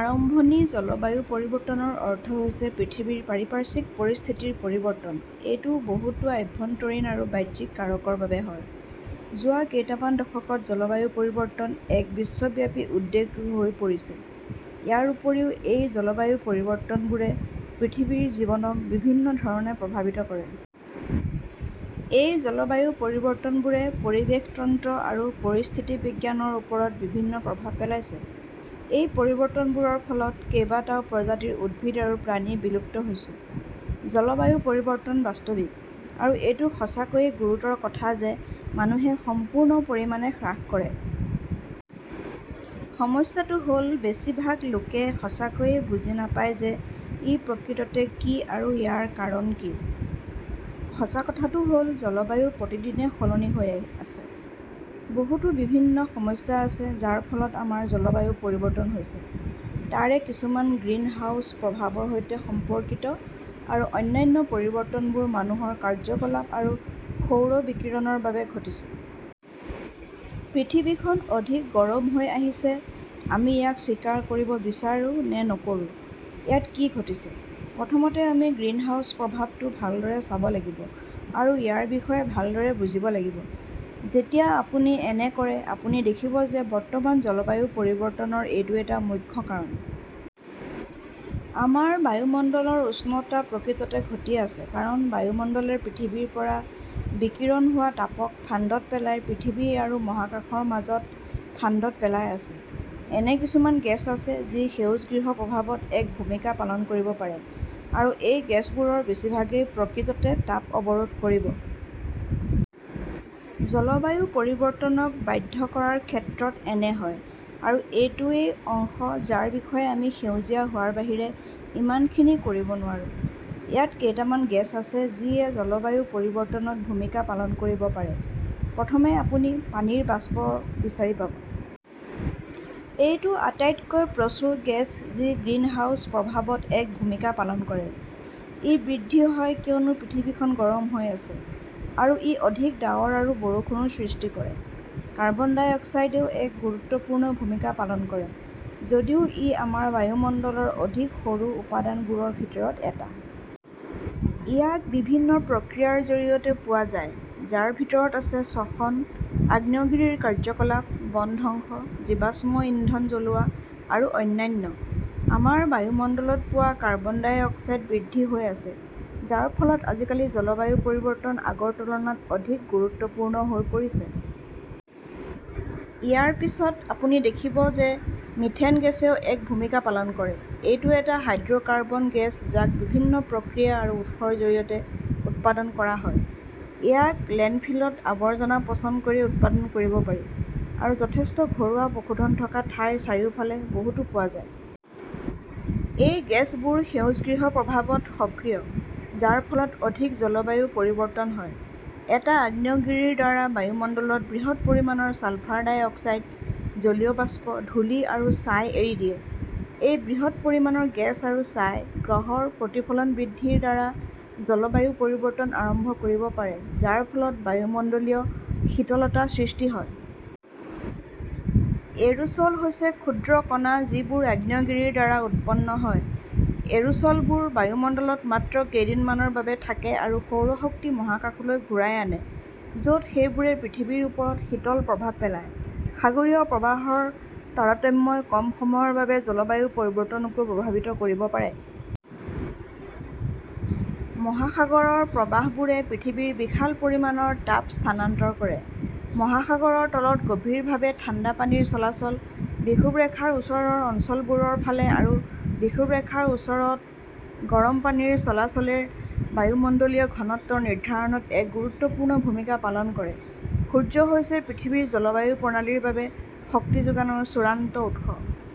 আৰম্ভণি জলবায়ু পৰিৱৰ্তন ৰ অৰ্থ হৈছে পৃথিৱীৰ পাৰিপাৰ্শ্বিক পৰিস্থিতিৰ পৰিৱৰ্তন। এইটো বহুতো আভ্যন্তৰীণ আৰু বাহ্যিক কাৰকৰ বাবে হয়। যোৱা কেইটামান দশকত জলবায়ু পৰিৱৰ্তন এক বিশ্বব্যাপী উদ্বেগহৈ পৰিছে। ইয়াৰ উপৰিও, এই জলবায়ুপৰিৱৰ্তনবোৰে পৃথিৱীৰ জীৱনক বিভিন্ন ধৰণে প্ৰভাৱিত কৰে। এই জলবায়ু পৰিৱৰ্তনবোৰে পৰিৱেশ তন্ত্ৰ আৰু পৰিস্থিতিবিজ্ঞানৰ ওপৰত বিভিন্ন প্ৰভাৱ পেলাইছে। এই পৰিৱৰ্তনবোৰৰ ফলত, কেইবাটাও প্ৰজাতিৰ উদ্ভিদ আৰু প্ৰাণী বিলুপ্ত হৈছে। জলবায়ু পৰিৱৰ্তন বাস্তৱিক, আৰু এইটো সঁচাকৈয়ে গুৰুতৰ কথা যে মানুহে সম্পূৰ্ণ পৰিমাণে হ্ৰাস কৰে। সমস্যাটো হ'ল বেছিভাগ লোকে সঁচাকৈয়ে বুজি নাপায় যে ই প্ৰকৃততে কি, আৰু ইয়াৰ কাৰণ কি। সঁচা কথাটো হ'ল, জলবায়ু প্ৰতিদিনে সলনি হৈ আছে। বহুতো বিভিন্ন সমস্যা আছে যাৰ ফলত আমাৰ জলবায়ু পৰিৱৰ্তন হৈছে, তাৰে কিছুমান গ্ৰীণহাউচ প্ৰভাৱৰ সৈতে সম্পৰ্কিত, আৰু অন্যান্য পৰিৱৰ্তনবোৰ মানুহৰ কাৰ্যকলাপ আৰু সৌৰ বিকিৰণৰ বাবে ঘটিছে। পৃথিৱীখন অধিক গৰম হৈ আহিছে, আমি ইয়াক স্বীকাৰ কৰিব বিচাৰো নে নকৰোঁ। ইয়াত কি ঘটিছে। প্ৰথমতে, আমি গ্ৰীণহাউচ প্ৰভাৱটো ভালদৰে চাব লাগিব আৰু ইয়াৰ বিষয়ে ভালদৰে বুজিব লাগিব। যেতিয়া আপুনি এনে কৰে, আপুনি দেখিব যে বৰ্তমান জলবায়ু পৰিৱৰ্তনৰ এইটো এটা মুখ্য কাৰণ। আমাৰ বায়ুমণ্ডলৰ উষ্ণতা প্ৰকৃততে ঘটি আছে কাৰণ বায়ুমণ্ডলে পৃথিৱীৰ পৰা বিকিৰণ হোৱা তাপক ফান্দত পেলাই পৃথিৱী আৰু মহাকাশৰ মাজত ফান্দত পেলাই আছে। এনে কিছুমান গেছ আছে যি সেউজগৃহ প্ৰভাৱত এক ভূমিকা পালন কৰিব পাৰে, আৰু এই গেছবোৰৰ বেছিভাগেই প্ৰকৃততে তাপ অৱৰোধ কৰিব। জলবায়ু পৰিৱৰ্তনক বাধ্য কৰাৰ ক্ষেত্ৰত এনে হয়, আৰু এইটো ৱেই অংশ যাৰ বিষয়ে আমি সেউজীয়া হোৱাৰ বাহিৰে ইমান খিনি কৰিব নোৱাৰো। ইয়াত কেইটামান গেছ আছে যিয়ে জলবায়ু পৰিৱৰ্তনত ভূমিকা পালন কৰিব পাৰে। প্ৰথমে, আপুনি পানীৰ বাষ্প বিচাৰি পাব। এইটো আটাইতকৈ প্ৰচুৰ গেছ যি গ্ৰীণহাউচ প্ৰভাৱত এক ভূমিকা পালন কৰে। ই বৃদ্ধি হয় কিয়নো পৃথিৱী খন গৰম হৈ আছে, আৰু ই অধিক ডাৱৰ আৰু বৰষুণো সৃষ্টি কৰে। কাৰ্বন ডাই অক্সাইডেও এক গুৰুত্বপূৰ্ণ ভূমিকা পালন কৰে, যদিও ই আমাৰ বায়ুমণ্ডলৰ অধিক সৰু উপাদানবোৰৰ ভিতৰত এটা। ইয়াক বিভিন্ন প্ৰক্ৰিয়াৰ জৰিয়তে পোৱা যায়, যাৰ ভিতৰত আছে শ্বসন, আগ্নেয়গিৰিৰ কাৰ্যকলাপ, বনধ্বংস, জীৱাশ্ম ইন্ধন জ্বলোৱা, আৰু অন্যান্য। আমাৰ বায়ুমণ্ডলত পোৱা কাৰ্বন ডাই অক্সাইড বৃদ্ধি হৈ আছে, যাৰ ফলত আজিকালি জলবায়ু পৰিৱৰ্তন আগৰ তুলনাত অধিক গুৰুত্বপূৰ্ণ হৈ পৰিছে। ইয়াৰ পিছত, আপুনি দেখিব যে মিথেন গেছেও এক ভূমিকা পালন কৰে। এইটো এটা হাইড্ৰ'কাৰ্বন গেছ যাক বিভিন্ন প্ৰক্ৰিয়া আৰু উৎসৰ জৰিয়তে উৎপাদন কৰা হয়। ইয়াক লেণ্ডফিলত আৱৰ্জনা পচন কৰি উৎপাদন কৰিব পাৰি, আৰু যথেষ্ট ঘৰুৱা পশুধন থকা ঠাইৰ চাৰিওফালে বহুতো পোৱা যায়। এই গেছবোৰ সেউজগৃহ প্ৰভাৱত সক্ৰিয়, যাৰ ফলত অধিক জলবায়ু পৰিৱৰ্তন হয়। এটা আগ্নেয়গিৰিৰ দ্বাৰা বায়ুমণ্ডলত বৃহৎ পৰিমাণৰ ছালফাৰ ডাই অক্সাইড, জলীয় বাষ্প, ধূলি আৰু ছাই এৰি দিয়ে। এই বৃহৎ পৰিমাণৰ গেছ আৰু ছাই গ্ৰহৰ প্ৰতিফলনবৃদ্ধি ৰ দ্বাৰা জলবায়ু পৰিৱৰ্তন আৰম্ভ কৰিব পাৰে যাৰ ফলত বায়ুমণ্ডলীয় শীতলতা সৃষ্টি হয়। এৰোচ'ল হৈছে ক্ষুদ্ৰ কণা যিবোৰ আগ্নেয়গিৰিৰ দ্বাৰা উৎপন্ন হয়। এৰোচ'লবোৰ বায়ুমণ্ডলত মাত্ৰ কেইদিনমানৰ বাবে থাকে আৰু সৌৰ শক্তি মহাকাশলৈ ঘূৰাই আনে য'ত সেইবোৰে পৃথিৱীৰ ওপৰত শীতল প্ৰভাৱ পেলায়। সাগৰীয় প্ৰবাহৰ তাৰতম্যই কম সময়ৰ বাবে জলবায়ু পৰিৱৰ্তনকো প্ৰভাৱিত কৰিব পাৰে। মহাসাগৰৰ প্ৰবাহবোৰে পৃথিৱীত বিশাল পৰিমাণৰ তাপ স্থানান্তৰ কৰে। মহাসাগৰৰ তলত গভীৰভাৱে ঠাণ্ডা পানীৰ চলাচল বিষুৱৰেখাৰ ওচৰৰ অঞ্চলবোৰৰ ফালে আৰু বিষুৱৰেখাৰ ওচৰত গৰম পানীৰ চলাচলে -ৰ বায়ুমণ্ডলীয় ঘনত্ব নিৰ্ধাৰণত এক গুৰুত্বপূৰ্ণ ভূমিকা পালন কৰে সূৰ্য হৈছে পৃথিৱীৰ জলবায়ু প্ৰণালীৰ বাবে শক্তিযোগানৰ চূড়ান্ত উৎস।